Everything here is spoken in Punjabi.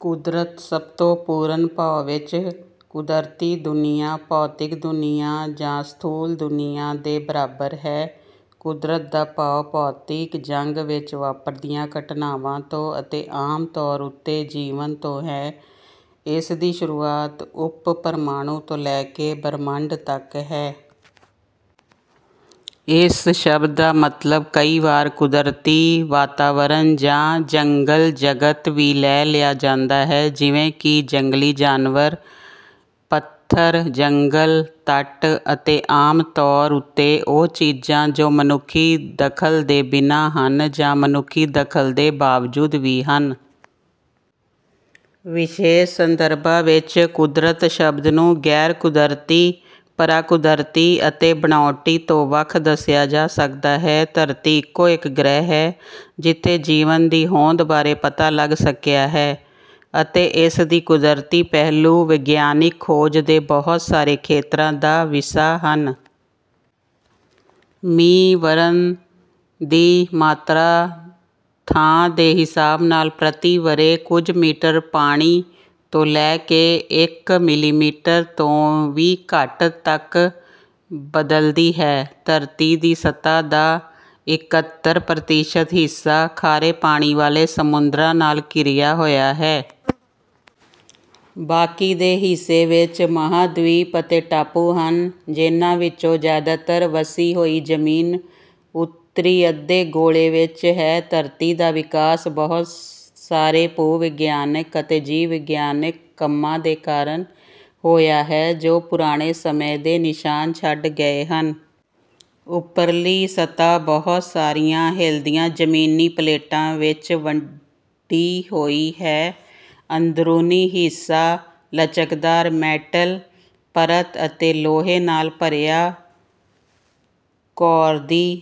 ਕੁਦਰਤ ਸਭ ਤੋਂ ਪੂਰਨ ਭਾਵ ਵਿੱਚ ਕੁਦਰਤੀ ਦੁਨੀਆਂ ਭੌਤਿਕ ਦੁਨੀਆਂ ਜਾਂ ਸਥੂਲ ਦੁਨੀਆਂ ਦੇ ਬਰਾਬਰ ਹੈ। "ਕੁਦਰਤ" ਦਾ ਭਾਵ ਭੌਤਿਕ ਜੱਗ ਵਿੱਚ ਵਾਪਰਦੀਆਂ ਘਟਨਾਵਾਂ ਤੋਂ ਅਤੇ ਆਮ ਤੌਰ ਉੱਤੇ ਜੀਵਨ ਤੋਂ ਹੈ। ਇਸਦੀ ਸ਼ੁਰੂਆਤ ਉਪ-ਪ੍ਰਮਾਣੂ ਤੋਂ ਲੈ ਕੇ ਬ੍ਰਹਿਮੰਡ ਤੱਕ ਹੈ। ਇਸ ਸ਼ਬਦ ਦਾ ਮਤਲਬ ਕਈ ਵਾਰ ਕੁਦਰਤੀ ਵਾਤਾਵਰਨ ਜਾਂ ਜੰਗਲ-ਜਗਤ ਵੀ ਲੈ ਲਿਆ ਜਾਂਦਾ ਹੈ ਜਿਵੇਂ ਕਿ ਜੰਗਲੀ ਜਾਨਵਰ ਪੱਥਰ ਜੰਗਲ ਤੱਟ ਅਤੇ ਆਮ ਤੌਰ ਉੱਤੇ ਉਹ ਚੀਜ਼ਾਂ ਜੋ ਮਨੁੱਖੀ ਦਖ਼ਲ ਦੇ ਬਿਨਾਂ ਹਨ ਜਾਂ ਮਨੁੱਖੀ ਦਖ਼ਲ ਦੇ ਬਾਵਜੂਦ ਵੀ ਹਨ। ਵਿਸ਼ੇਸ਼ ਸੰਦਰਭਾਂ ਵਿੱਚ "ਕੁਦਰਤ" ਸ਼ਬਦ ਨੂੰ ਗ਼ੈਰ-ਕੁਦਰਤੀ ਪਰਾਕੁਦਰਤੀ ਅਤੇ ਬਣਾਉਟੀ ਤੋਂ ਵੱਖ ਦੱਸਿਆ ਜਾ ਸਕਦਾ ਹੈ। ਧਰਤੀ ਇੱਕੋ-ਇੱਕ ਗ੍ਰਹਿ ਹੈ ਜਿੱਥੇ ਜੀਵਨ ਦੀ ਹੋਂਦ ਬਾਰੇ ਪਤਾ ਲੱਗ ਸਕਿਆ ਹੈ ਅਤੇ ਇਸ ਦੇ ਕੁਦਰਤੀ ਪਹਿਲੂ ਵਿਗਿਆਨਕ ਖੋਜ ਦੇ ਬਹੁਤ ਸਾਰੇ ਖੇਤਰਾਂ ਦਾ ਵਿਸ਼ਾ ਹਨ। ਮੀਂਹ ਵਰ੍ਹਨ ਦੀ ਮਾਤਰਾ ਥਾਂ ਦੇ ਹਿਸਾਬ ਨਾਲ ਪ੍ਰਤੀ ਵਰ੍ਹੇ ਕੁਝ ਮੀਟਰ ਪਾਣੀ ਤੋਂ ਲੈ ਕੇ ਇੱਕ ਮਿਲੀਮੀਟਰ ਤੋਂ ਵੀ ਘੱਟ ਤੱਕ ਬਦਲਦੀ ਹੈ। ਧਰਤੀ ਦੀ ਸਤ੍ਹਾ ਦਾ ਇਕਹੱਤਰ ਪ੍ਰਤੀਸ਼ਤ ਹਿੱਸਾ ਖਾਰੇ ਪਾਣੀ ਵਾਲੇ ਸਮੁੰਦਰਾਂ ਨਾਲ ਘਿਰਿਆ ਹੋਇਆ ਹੈ। ਬਾਕੀ ਦੇ ਹਿੱਸੇ ਵਿੱਚ ਮਹਾਂਦੀਪ ਅਤੇ ਟਾਪੂ ਹਨ ਜਿਹਨਾਂ ਵਿੱਚੋਂ ਜ਼ਿਆਦਾਤਰ ਵਸੀ ਹੋਈ ਜ਼ਮੀਨ ਉੱਤਰੀ ਅੱਧੇ ਗੋਲੇ ਵਿੱਚ ਹੈ ਧਰਤੀ ਦਾ ਵਿਕਾਸ ਬਹੁਤ ਸਾਰੇ ਭੂ-ਵਿਗਿਆਨਕ ਅਤੇ ਜੀਵ-ਵਿਗਿਆਨਕ ਕੰਮਾਂ ਦੇ ਕਾਰਨ ਹੋਇਆ ਹੈ ਜੋ ਪੁਰਾਣੇ ਸਮੇਂ ਦੇ ਨਿਸ਼ਾਨ ਛੱਡ ਗਏ ਹਨ। ਉੱਪਰਲੀ ਸਤ੍ਹਾ ਬਹੁਤ ਸਾਰੀਆਂ ਹਿੱਲਦੀਆਂ ਜ਼ਮੀਨੀ ਪਲੇਟਾਂ ਵਿੱਚ ਵੰਡੀ ਹੋਈ ਹੈ ਅੰਦਰੂਨੀ ਹਿੱਸਾ ਲਚਕਦਾਰ ਮੈਂਟਲ ਪਰਤ ਅਤੇ ਲੋਹੇ ਨਾਲ ਭਰਿਆ ਕੋਰ ਦੀ